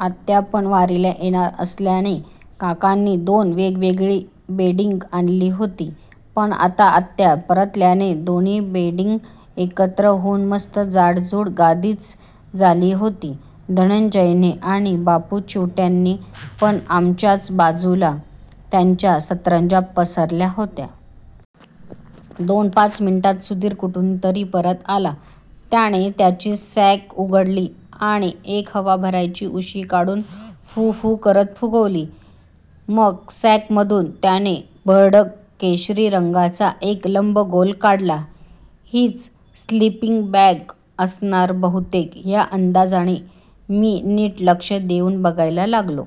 आत्यापण वारीला येणार असल्याने काकांनी दोन वेगवेगळी बेडींग आणली होती. पण आता आत्या परतल्याने दोन्ही बेडिंग एकत्र होउन मस्त जाडजूड गादीच झाली होती. धनंजयने आणि बापू चिवट्यांनी पण आमच्याच बाजूला त्यांच्या सतरंज्या पसरल्या होत्या. दोनपाच मिनिटात सुधीर कुठुनतरी परत आला. त्याने त्याची सॅक उघडली आणि एक हवा भरायची उशी काढून फू-फू करत फुगवली. मग सॅकमधून त्याने भडक केशरी रंगाचा एक लंबगोल काढला. हीच स्लीपिंग बॅग असणार बहुतेक ह्या अंदाजाने मी नीट लक्ष देउन बघायला लागलो.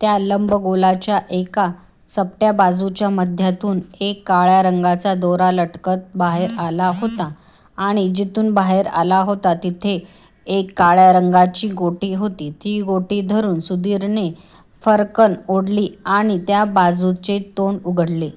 त्या लंबगोलाच्या एका चपट्या बाजूच्या मध्यातून एक काळ्या रंगाचा दोरा लटकत बाहेर आला होता आणि जिथून बाहेर आला होता तिथे एक काळ्या रंगाची गोटी होती. ती गोटी धरुन सुधीरने फर्रकन् ओढली आणि त्या बाजूचे तोंड उघडले.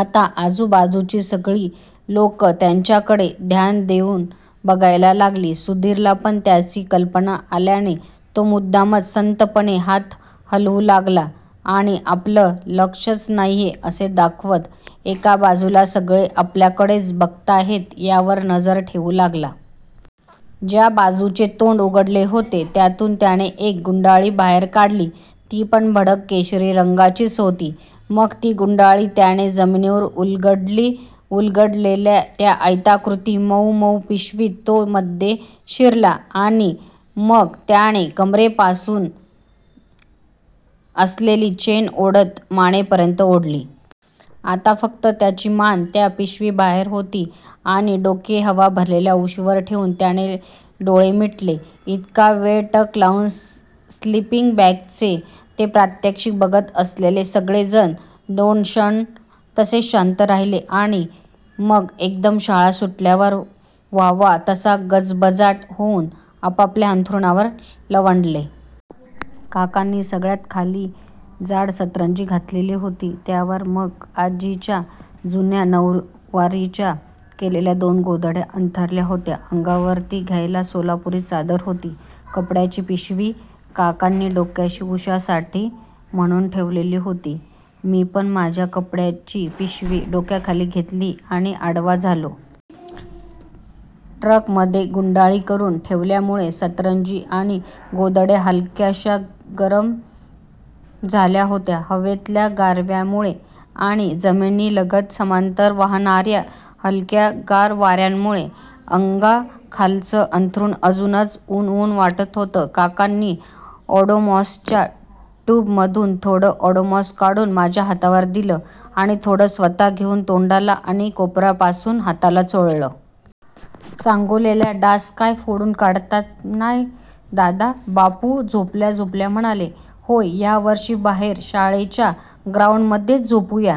आता आजूबाजूची सगळी लोकं त्याच्याकडे ध्यान देउन बघायला लागली. सुधिरला पण त्याची कल्पना आल्याने तो मुद्दामच संथपणे हात हलवू लागला आणि आपलं लक्षच नाहिये असं दाखवत एका बाजूला सगळे आपल्याकडेच बघताहेत ह्यावर नजर ठेवू लागला. ज्या बाजूचे तोंड उघडले होते त्यातून त्याने एक गुंडाळी बाहेर काढली ती पण भडक केशरी रंगाचीच होती. मग ती गुंडाळी त्याने जमिनीवर उलगडली. उलगडलेल्या त्या आयताकृती मउमउ पिशवीत तो मध्ये शिरला आणि मग त्याने कमरेपासून असलेली चेन ओढत मानेपर्यंत ओढली. आता फक्त त्याची मान त्या पिशवीबाहेर होती आणि डोके हवा भरलेल्या उशीवर ठेवून त्याने डोळे मिटले. इतका वेळ टक लावून स्लिपींग बॅगचे ते प्रात्यक्षिक बघत असलेले सगळेजण दोन क्षण तसेच शांत राहिले आणि मग एकदम शाळा सुटल्यावर व्हावा तसा गजबजाट होउन आपापल्या अंथरुणांवर लवंडले. काकांनी सगळ्यात खाली जाड सतरंजी घातलेली होती. त्यावर मग आजीच्या जुन्या नउवारीच्या केलेल्या दोन गोधड्या अंथरल्या होत्या. अंगावर घ्यायला सोलापुरी चादर होती. कपड्याची पिशवी काकांनी डोक्याशी उश्यासाठी म्हणुन ठेवलेली होती. मी पण माझ्या कपड्याची पिशवी डोक्याखाली घेतली आणि आडवा झालो. ट्रकमध्ये गुंडाळी करुन ठेवल्यामुळे सतरंजी आणि गोधड्या हलक्याश्या गरम झाल्या होत्या. हवेतल्या गारव्यामुळे आणि जमिनीलगत समांतर वाहणार्या हलक्या गार वार्यामुळे अंगाखालचं अंथरुण अजूनच उन-उन वाटत होतं. काकांनी ओडोमॉसच्या ट्युबमधून थोडं ओडोमॉस काढून माझ्या हातावर दिलं आणि थोडं स्वत: घेउन तोंडाला आणि कोपरापासून हाताला चोळलं. सांगोल्याला डास काय फोडून काढतात न्हाय दादा, बापू झोपल्या झोपल्या म्हणाले. होय, ह्यावर्षी बाहेर शाळेच्या ग्राउंडमध्येच झोपुया,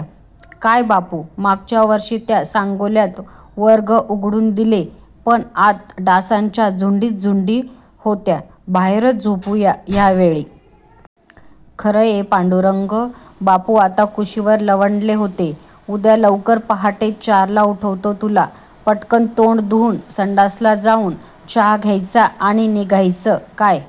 काय बापू. मागच्या वर्षी त्या सांगोल्यात वर्ग उघडून दिले पण आत डासांच्या झुंडीच झुंडी होत्या. बाहेरच झोपुया ह्या वेळी. खरय. पांडुरंग. बापू आता कुशीवर लवंडले होते. उद्या लवकर पहाटे चारला उठवतो तुला. पटकन तोंड धुउन, संडासला जावून, चहा घ्यायचा आणि निघायचं, काय.